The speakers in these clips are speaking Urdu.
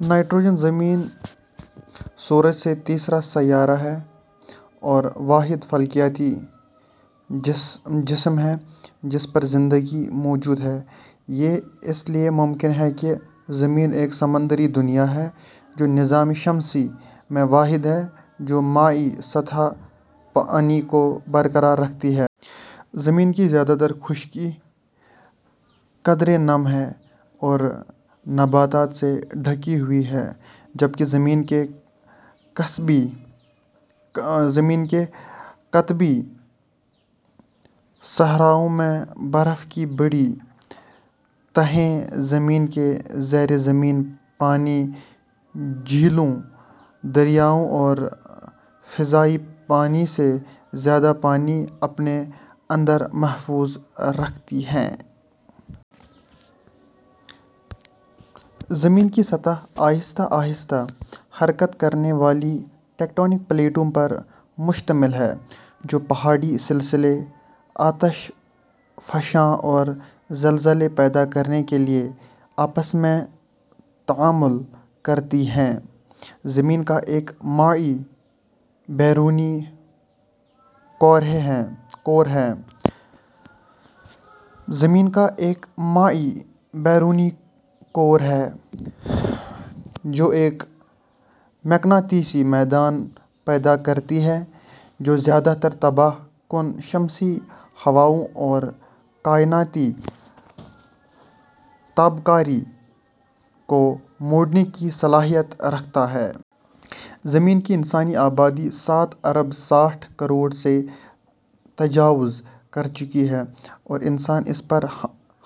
نائٹروجن زمین سورج سے تیسرا سیارہ ہے اور واحد فلکیاتی جسم ہے جس پر زندگی موجود ہے۔ یہ اس لیے ممکن ہے کہ زمین ایک سمندری دنیا ہے، جو نظام شمسی میں واحد ہے جو مائع سطحی پانی کو برقرار رکھتی ہے۔ زمین کی زیادہ تر خشکی قدرے نم ہے اور نباتات سے ڈھکی ہوئی ہے، جبکہ زمین کے قطبی صحراؤں میں برف کی بڑی تہیں زمین کے زیرِ زمین پانی ، جھیلوں، دریاؤں اور فضائی پانی سے زیادہ پانی اپنے اندر محفوظ رکھتی ہیں۔ زمین کی سطح آہستہ آہستہ حرکت کرنے والی ٹیکٹونک پلیٹوں پر مشتمل ہے، جو پہاڑی سلسلے، آتش فشاں اور زلزلے پیدا کرنے کے لیے آپس میں تعامل کرتی ہیں۔ زمین کا ایک مائع بیرونی کور ہے جو ایک مقناطیسی میدان پیدا کرتا ہے جو زیادہ تر تباہ کن شمسی ہواؤں اور کائناتی تابکاری کو موڑنے کی صلاحیت رکھتا ہے. زمین کی انسانی آبادی سات ارب ساٹھ کروڑ سے تجاوز کر چکی ہے۔ اور انسان اس پر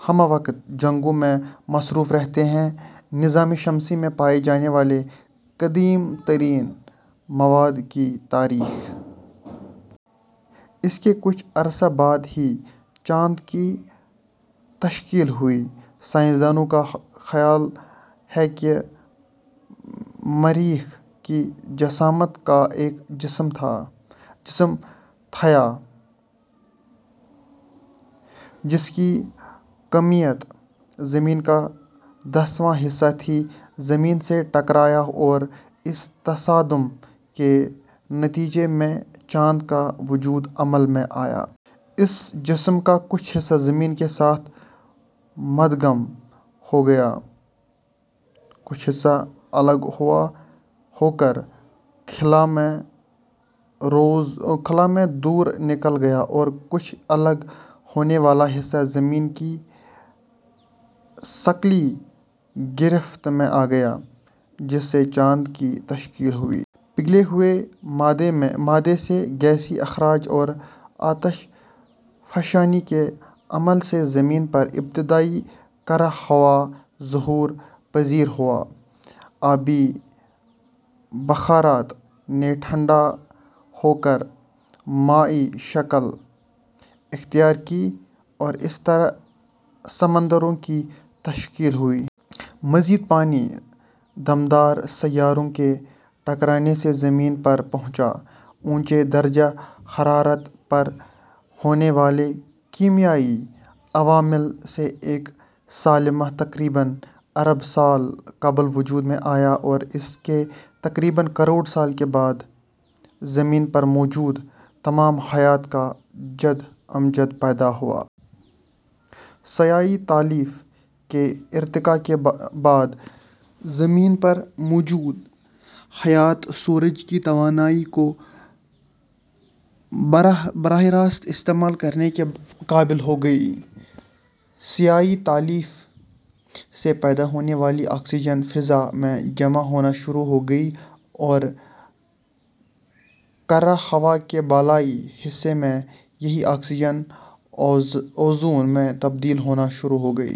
ہمہ وقت جنگوں میں مصروف رہتے ہیں۔ نظام شمسی میں پائے جانے والے قدیم ترین مواد کی تاریخ.. اس کے کچھ عرصہ بعد ہی چاند کی تشکیل ہوئی۔ سائنسدانوں کا خیال ہے کہ مریخ کی جسامت کا ایک جسم تھیا ، جس کی کمیت زمین کا دسواں حصہ تھی، زمین سے ٹکرایا اور اس تصادم کے نتیجے میں چاند کا وجود عمل میں آیا۔ اس جسم کا کچھ حصہ زمین کے ساتھ مدغم ہو گیا، کچھ حصہ الگ ہو کر خلا میں دور نکل گیا اور کچھ الگ ہونے والا حصہ زمین کی ثقلی گرفت میں آگیا جس سے چاند کی تشکیل ہوئی۔ پگھلے ہوئے مادے سے گیسی اخراج اور آتش فشانی کے عمل سے زمین پر ابتدائی کرہ ہوا ظہور پزیر ہوا۔ آبی بخارات نے ٹھنڈا ہو کر مائع شکل اختیار کی اور اس طرح سمندروں کی تشکیل ہوئی۔ مزید پانی دمدار سیاروں کے ٹکرانے سے زمین پر پہنچا۔ اونچے درجہ حرارت پر ہونے والے کیمیائی عوامل سے ایک سالمہ تقریباً ارب سال قبل وجود میں آیا اور اس کے تقریباً کروڑ سال کے بعد زمین پر موجود تمام حیات کا جد امجد پیدا ہوا۔ ضیائی تالیف کے ارتقا کے بعد زمین پر موجود حیات سورج کی توانائی کو براہ راست استعمال کرنے کے قابل ہو گئی۔ ضیائی تالیف سے پیدا ہونے والی آکسیجن فضاء میں جمع ہونا شروع ہو گئی اور کرہ ہوا کے بالائی حصے میں یہی آکسیجن اوزون میں تبدیل ہونا شروع ہو گئی۔